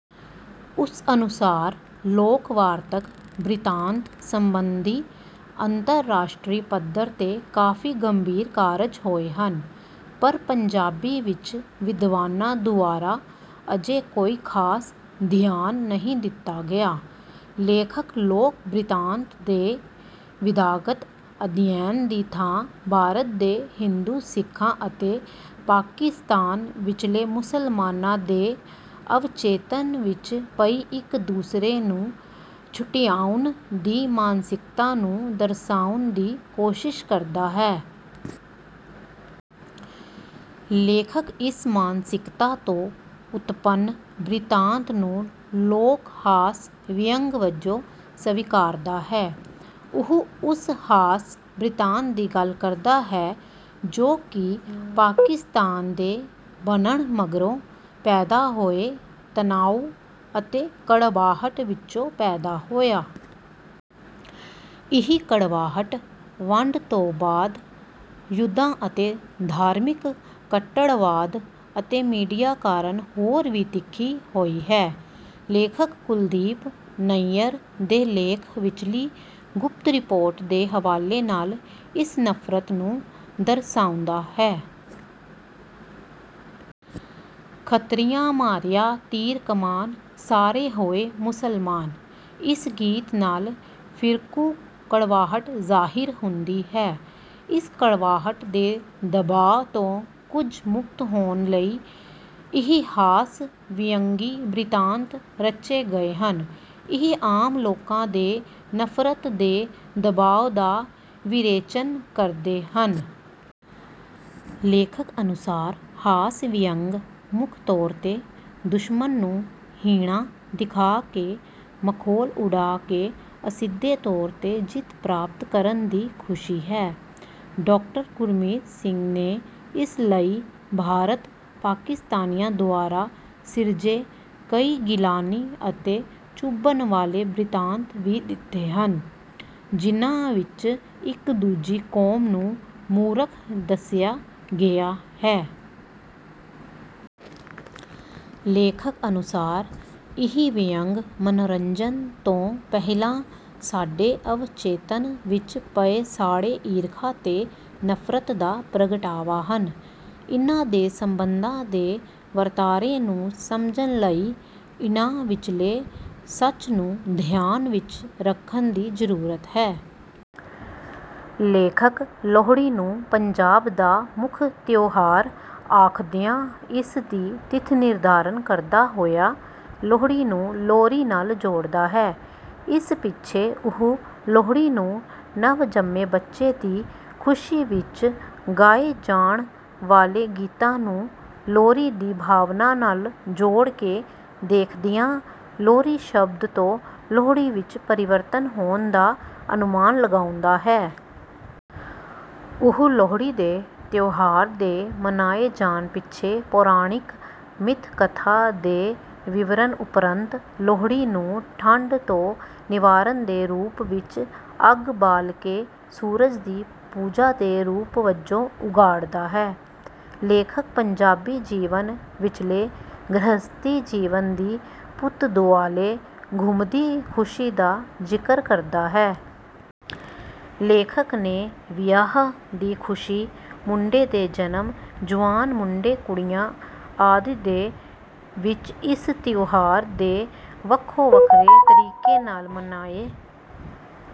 ਉਸ ਅਨੁਸਾਰ ਲੋਕ ਵਾਰਤਕ ਬ੍ਰਿਤਾਂਤ ਸੰਬੰਧੀ ਅੰਤਰ ਰਾਸ਼ਟਰੀ ਪੱਧਰ ਤੇ ਕਾਫ਼ੀ ਗੰਭੀਰ ਕਾਰਜ ਹੋਏ ਹਨ ਪਰ ਪੰਜਾਬੀ ਵਿੱਚ ਵਿਦਵਾਨਾਂ ਦੁਆਰਾ ਅਜੇ ਕੋਈ ਖਾਸ ਧਿਆਨ ਨਹੀਂ ਦਿੱਤਾ ਗਿਆ। ਲੇਖਕ ਲੋਕ ਬ੍ਰਿਤਾਂਤ ਦੇ ਵਿਧਾਗਤ ਅਧਿਐਨ ਦੀ ਥਾਂ ਭਾਰਤ ਦੇ ਹਿੰਦੂ ਸਿੱਖਾਂ ਅਤੇ ਪਾਕਿਸਤਾਨ ਵਿੱਚਲੇ ਮੁਸਲਮਾਨਾਂ ਦੇ ਅਵਚੇਤਨ ਵਿੱਚ ਪਈ ਇੱਕ ਦੂਸਰੇ ਨੂੰ ਛੁਟਿਆਉਣ ਦੀ ਮਾਨਸਿਕਤਾ ਨੂੰ ਦਰਸਾਉਣ ਦੀ ਕੋਸ਼ਿਸ਼ ਕਰਦਾ ਹੈ। ਲੇਖਕ ਇਸ ਮਾਨਸਿਕਤਾ ਤੋਂ ਉਤਪੰਨ ਬ੍ਰਿਤਾਂਤ ਨੂੰ ਲੋਕ ਹਾਸ ਵਿਅੰਗ ਵਜੋਂ ਸਵੀਕਾਰਦਾ ਹੈ। ਉਹ ਉਸ ਹਾਸ ਬ੍ਰਿਤਾਂਤ ਦੀ ਗੱਲ ਕਰਦਾ ਹੈ ਜੋ ਕਿ ਪਾਕਿਸਤਾਨ ਦੇ ਬਣਨ ਮਗਰੋਂ ਪੈਦਾ ਹੋਏ ਤਨਾਉ ਅਤੇ ਕੜਵਾਹਟ ਵਿੱਚੋਂ ਪੈਦਾ ਹੋਇਆ। ਇਹ ਕੜਵਾਹਟ ਵੰਡ ਤੋਂ ਬਾਅਦ ਯੁੱਧਾਂ ਅਤੇ ਧਾਰਮਿਕ ਕੱਟੜਵਾਦ ਅਤੇ ਮੀਡੀਆ ਕਾਰਨ ਹੋਰ ਵੀ ਤਿੱਖੀ ਹੋਈ ਹੈ। ਲੇਖਕ ਕੁਲਦੀਪ ਨਈਅਰ ਦੇ ਲੇਖ ਵਿੱਚਲੀ ਗੁਪਤ ਰਿਪੋਰਟ ਦੇ ਹਵਾਲੇ ਨਾਲ ਇਸ ਨਫ਼ਰਤ ਨੂੰ ਦਰਸਾਉਂਦਾ ਹੈ। ਖੱਤਰੀਆਂ ਮਾਰਿਆ ਤੀਰ ਕਮਾਨ ਸਾਰੇ ਹੋਏ ਮੁਸਲਮਾਨ ਇਸ ਗੀਤ ਨਾਲ ਫ਼ਿਰਕੂ ਕੜਵਾਹਟ ਜ਼ਾਹਿਰ ਹੁੰਦੀ ਹੈ। ਇਸ ਕੜਵਾਹਟ ਦੇ ਦਬਾਅ ਤੋਂ ਕੁਝ ਮੁਕਤ ਹੋਣ ਲਈ ਇਹ ਹਾਸ ਵਿਅੰਗੀ ਬ੍ਰਿਤਾਂਤ ਰਚੇ ਗਏ ਹਨ। ਇਹ ਆਮ ਲੋਕਾਂ ਦੇ ਨਫ਼ਰਤ ਦੇ ਦਬਾਅ ਦਾ ਵਿਰੇਚਨ ਕਰਦੇ ਹਨ। ਲੇਖਕ ਅਨੁਸਾਰ ਹਾਸ ਵਿਅੰਗ ਮੁੱਖ ਤੌਰ ਤੇ ਦੁਸ਼ਮਣ ਨੂੰ ਹੀਣਾ ਦਿਖਾਕੇ ਮਖੌਲ ਉਡਾਕੇ ਅਸਿੱਧੇ ਤੌਰ ਤੇ ਜਿੱਤ ਪ੍ਰਾਪਤ ਕਰਨ ਦੀ ਖੁਸ਼ੀ ਹੈ। ਡਾਕਟਰ ਗੁਰਮੀਤ ਸਿੰਘ ਨੇ ਇਸ ਲਈ ਭਾਰਤ ਪਾਕਿਸਤਾਨੀਆਂ ਦੁਆਰਾ ਸਿਰਜੇ ਕਈ ਗਿਲਾਨੀ ਅਤੇ ਚੁਭਣ ਵਾਲੇ ਬ੍ਰਿਤਾਂਤ ਵੀ ਦਿੱਤੇ ਹਨ ਜਿਨ੍ਹਾਂ ਵਿੱਚ ਇੱਕ ਦੂਜੀ ਕੌਮ ਨੂੰ ਮੂਰਖ ਦੱਸਿਆ ਗਿਆ ਹੈ। ਲੇਖਕ ਅਨੁਸਾਰ ਇਹ ਵਿਅੰਗ ਮਨੋਰੰਜਨ ਤੋਂ ਪਹਿਲਾਂ ਸਾਡੇ ਅਵਚੇਤਨ ਵਿੱਚ ਪਏ ਸਾੜੇ ਈਰਖਾ ਤੇ ਨਫ਼ਰਤ ਦਾ ਪ੍ਰਗਟਾਵਾ ਹਨ। ਇਨ੍ਹਾਂ ਦੇ ਸੰਬੰਧਾਂ ਦੇ ਵਰਤਾਰੇ ਨੂੰ ਸਮਝਣ ਲਈ ਇਨ੍ਹਾਂ ਵਿੱਚਲੇ ਸੱਚ ਨੂੰ ਧਿਆਨ ਵਿੱਚ ਰੱਖਣ ਦੀ ਜ਼ਰੂਰਤ ਹੈ। ਲੇਖਕ ਲੋਹੜੀ ਨੂੰ ਪੰਜਾਬ ਦਾ ਮੁੱਖ ਤਿਉਹਾਰ ਆਖਦਿਆਂ ਇਸਦੀ ਤਿੱਥ ਨਿਰਧਾਰਨ ਕਰਦਾ ਹੋਇਆ ਲੋਹੜੀ ਨੂੰ ਲੋਰੀ ਨਾਲ ਜੋੜਦਾ ਹੈ। ਇਸ ਪਿੱਛੇ ਉਹ ਲੋਹੜੀ ਨੂੰ ਨਵ ਜੰਮੇ ਬੱਚੇ ਦੀ ਖੁਸ਼ੀ ਵਿੱਚ ਗਾਏ ਜਾਣ ਵਾਲੇ ਗੀਤਾਂ ਨੂੰ ਲੋਰੀ ਦੀ ਭਾਵਨਾ ਨਾਲ ਜੋੜਕੇ ਦੇਖਦਿਆਂ ਲੋਰੀ ਸ਼ਬਦ ਤੋਂ ਲੋਹੜੀ ਵਿੱਚ ਪਰਿਵਰਤਨ ਹੋਣ ਦਾ ਅਨੁਮਾਨ ਲਗਾਉਂਦਾ ਹੈ। ਉਹ ਲੋਹੜੀ ਦੇ ਤਿਉਹਾਰ ਦੇ ਮਨਾਏ ਜਾਣ ਪਿੱਛੇ ਪੌਰਾਣਿਕ ਮਿੱਥ ਕਥਾ ਦੇ ਵਿਵਰਣ ਉਪਰੰਤ ਲੋਹੜੀ ਨੂੰ ਠੰਢ ਤੋਂ ਨਿਵਾਰਨ ਦੇ ਰੂਪ ਵਿੱਚ ਅੱਗ ਬਾਲਕੇ ਸੂਰਜ ਦੀ ਪੂਜਾ ਦੇ ਰੂਪ ਵਜੋਂ ਉਘਾੜਦਾ ਹੈ। ਲੇਖਕ ਪੰਜਾਬੀ ਜੀਵਨ ਵਿੱਚਲੇ ਗ੍ਰਹਿਸਥੀ ਜੀਵਨ ਦੀ ਪੁੱਤ ਦੁਆਲੇ ਘੁੰਮਦੀ ਖੁਸ਼ੀ ਦਾ ਜ਼ਿਕਰ ਕਰਦਾ ਹੈ। ਲੇਖਕ ਨੇ ਵਿਆਹ ਦੀ ਖੁਸ਼ੀ ਮੁੰਡੇ ਦੇ ਜਨਮ ਜੁਆਨ ਮੁੰਡੇ ਕੁੜੀਆਂ ਆਦਿ ਦੇ ਵਿੱਚ ਇਸ ਤਿਉਹਾਰ ਦੇ ਵੱਖੋ ਵੱਖਰੇ ਤਰੀਕੇ ਨਾਲ ਮਨਾਏ